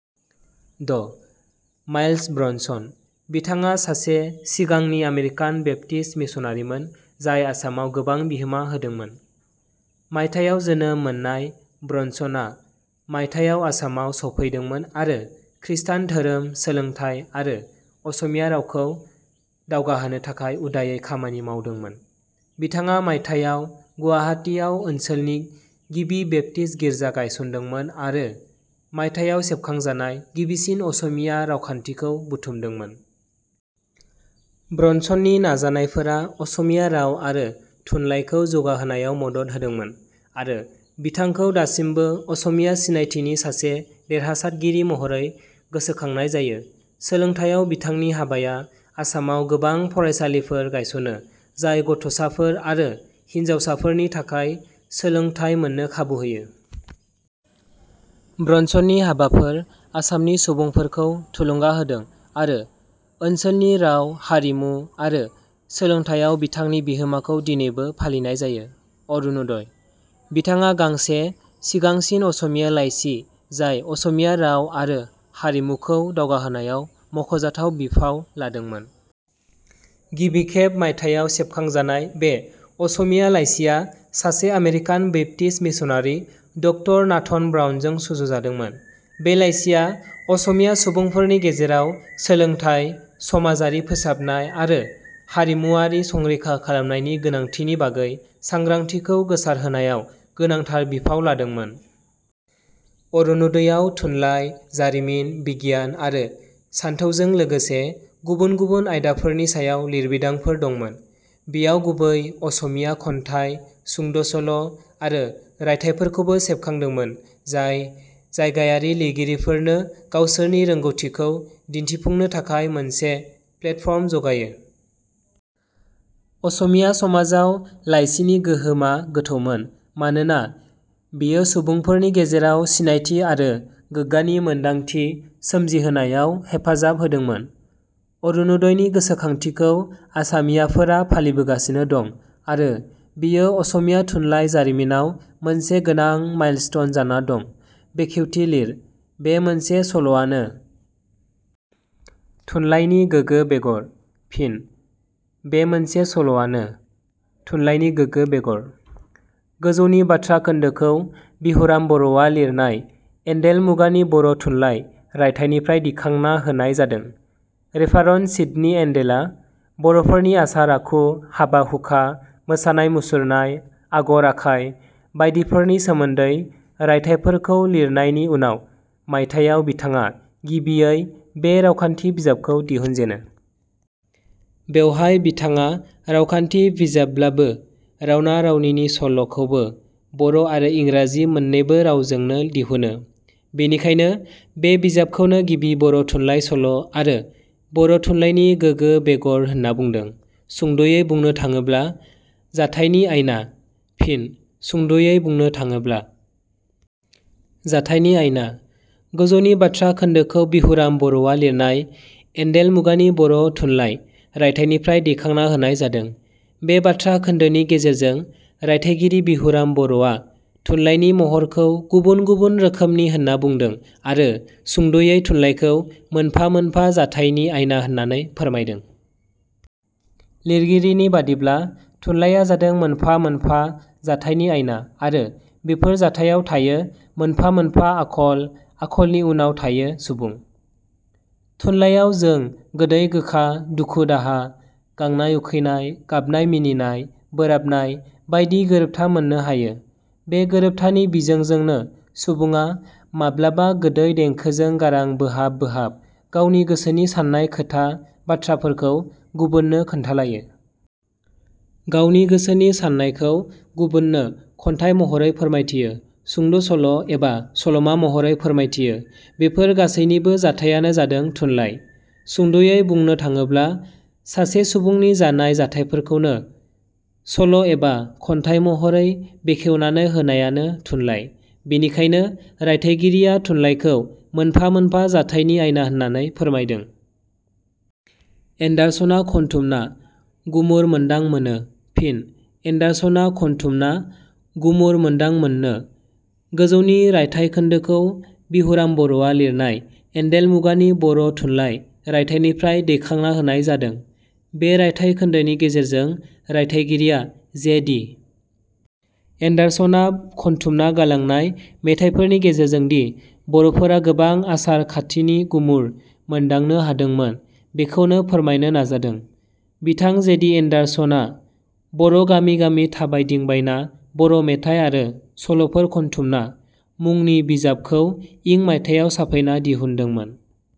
ड माइलस ब्रनसन:-बिथाङा सासे सिगांसिन आमेरिकान बेप्टिस्ट मिसनारिमोन जाय आसामाव गोबां बिहोमा होदोंमोन। मायथाइयाव जोनोम मोननाय, ब्रनसनआ मायथाइयाव आसामाव सौफैदोंमोन आरो ख्रिस्थान धोरोम, सोलोंथाय आरो असमिया रावखौ दावगाहोनो थाखाय उदायै खामानि मावदोंमोन। बिथाङा मायथाइयाव गुवाहाटीआव ओनसोलनि गिबि बेप्टिस्ट गिर्जा गायसनदोंमोन आरो मायथाइयाव सेबखांजानाय गिबिसिन असमिया रावखान्थिखौ बुथुमदोंमोन। ब्रनसननि नाजानायफोरा असमिया राव आरो थुनलाइखौ जौगाहोनायाव मदद होदोंमोन, आरो बिथांखौ दासिमबो असमिया सिनायथिनि सासे देरहासातगिरि महरै गोसोखांनाय जायो। सोलोंथाइयाव बिथांनि हाबाया आसामाव गोबां फरायसालिफोर गायस'नो, जाय गथ' साफोर आरो हिनजावफोरनि थाखाय सोलोंथाय मोन्नो खाबु होयो। ब्रनसननि हाबाफोर आसामनि सुबुंफोरखौ थुलुंगा होदों, आरो ओनसोलनि राव, हारिमु आरो सोलोंथाइयाव बिथांनि बिहोमाखौ दिनैबो फालिनाय जायो।. अरुण'दइ: – बिथाङा गांसे सिगांसिन असमिया लाइसि जाय असमिया राव आरो हारिमुखौ दावगाहोनायाव मख'जाथाव बिफाव लादोंमोन। गिबिखेब मायथाइयाव सेबखांजानाय, बे असमिया लाइसिआ सासे आमेरिकान बैपटिस्ट मिसनारि ड नाथन ब्राउनजों सुजुजादोंमोन। बे लाइसिआ असमिया सुबुंफोरनि गेजेराव सोलोंथाय, समाजारि फोसाबनाय आरो हारिमुआरि संरैखा खालामनायनि गोनांथिनि बागै सांग्रांथिखौ गोसारहोनायाव गोनांथार बिफाव लादोंमोन। अरुण'दइ आव थुनलाइ, जारिमिन, बिगियान आरो सानथौजों लोगोसे गुबुन गुबुन आयदाफोरनि सायाव लिरबिदांफोर दंमोन। बियाव गुबै असमिया खन्थाइ, सुंद' सल' आरो रायथाइफोरखौबो सेबखांदोंमोन, जाय जायगायारि लिरगिरिफोरनो गावसोरनि रोंग'थिखौ दिन्थिफुंनो थाखाय मोनसे प्लेटफर्म जगायो। असमिया समाजआव लाइसिनि गोहोमा गोथौमोन, मानोना बेयो सुबुंफोरनि गेजेराव सिनायथि आरो गोग्गानि मोनदांथि सोमजिहोनायाव हेफाजाब होदोंमोन। अरुण'दइनि गोसोखांथिखौ आसामीयाफोरा फालिबोगासिनो दं, आरो बियो असमिया थुनलाइ जारिमिनाव मोनसे गोनां माइलस्टोन जाना दं। बेखेवथि लिर: बे मोनसे सल'आनो…………. थुनलायनि गोगो बेगर। फिन: "बे मोनसे सल'आनो…………. थुनलायनि गोगो बेगर। " गोजौनि बाथ्रा खोन्दोखौ बिहुराम बर'आ लिरनाय "एण्डेल मुगानि बर' थुनलाइ" रायथाइनिफ्राय दैखांना होनाय जादों। रेभारण्ड सिदनि एण्डेला बर'फोरनि आसार-आखु, हाबा-हुखा, मोसानाय-मुसुरनाय, आगर-आखाय बायदिफोरनि सोमोन्दै रायथाइफोरखौ लिरनायनि उनाव मायथायाव बिथाङा गिबियै बे रावखान्थि बिजाबखौ दिहुनजेनो। बेवहाय बिथाडा रावखान्थि विजाबब्लाबो रावना-रावनिनि सल' खौबो बर' आरो इंराजी मोननैबो रावजोंनो दिहुनो। बेनिखायनो बे बिजाबखौनो गिबि बर' थुनलाइ सल' आरो बर' थुनलायनि गोगो बेगर होनना बुंदों। सुंद'यै बुंनो थाङोब्ला…………. जाथाइनि आयना। फिन: "सुंद'यै बुंनो थाङोब्ला…………. जाथाइनि आयना। " गोजौनि बाथ्रा खोन्दोखौ बिहुराम बर'आ लिरनाय "एण्डेल मुगानि बर' थुनलाइ" रायथाइनिफ्राय दैखांना होनाय जादों। बे बाथ्रा खोन्दोनि गेजेरजों रायथाइगिरि बिहुराम बर'आ थुनलाइनि महरखौ गुबुन गुबुन रोखोमनि होनना बुंदों आरो सुंदयै थुनलाइखौ मोनफा मोनफा जाथाइनि आयना होनानै फोरमायदों। लिरगिरिनि बादिब्ला थुनलाया जादों मोनफा मोनफा जाथाइनि आयना आरो बेफोर जाथायाव थायो मोनफा मोनफा आखल, आखलनि उनाव थायो सुबुं। थुनलाइयाव जों गोदै-गोखा, दुखु-दाहा, गांनाय-उखैनाय, गाबनाय-मिनिनाय, बोराबनाय बायदि गोरोबथा मोननो हायो। बे गोरोबथानि बिजोंजोंनो सुबुङा माब्लाबा गोदै देंखोजों गारां बोहाब बोहाब गावनि गोसोनि साननाय खोथा बाथ्राफोरखौ गुबुननो खोन्थालायो। गावनि गोसोनि साननायखौ गुबुननो खन्थाइ महरै फोरमायथियो, सुद' सल' एबा सल'मा महरै फोरमायथियो। बेफोर गासैनिबो जाथायानो जादों थुनलाइ। सुंदयै बुंनो थाडोब्ला सासे सुबुंनि जानाय जाथायफोरखौनो सल' एबा खन्थाइ महरै बेखेवनानै होनायानो थुनलाइ। बिनिखायनो रायथाइगिरिया थुनलाइखौ मोनफा मोनफा जाथायनि आयना होननानै फोरमायदों। एण्डार्सनआ खनथुमना………….. गुमुर मोनदांं मोनो। फिन: "एण्डार्सनआ खनथुमना………….. गुमुर मोनदांं मोननो। " गोजौनि रायथाइ खोन्दोखौ बिहुराम बर'आ लिरनाय "एण्डेल मुगानि बर' थुनलाइ" रायथाइनिफ्राय दैखांना होनाय जादों। बे रायथाइ खोन्दोनि गेजेरजों रायथाइगिराया जे. डि. एण्डार्सनआ खनथुमना गालांनाय मेथाइफोरनि गेजेरजोंदि बर'फोरा गोबां आसार खाथिनि गुमुर मोन्दांनो हादोंमोन बेखौनो फोरमायनो नाजादों। बिथां जे. डि. एण्डार्सनआ बर' गामि गामि थाबायदिंबायना बर' मेथाइ आरो सल'फोर खनथुमना "" मुंनि बिजाबखौ इं मायथायाव साफायना दिहुनदोंमोन।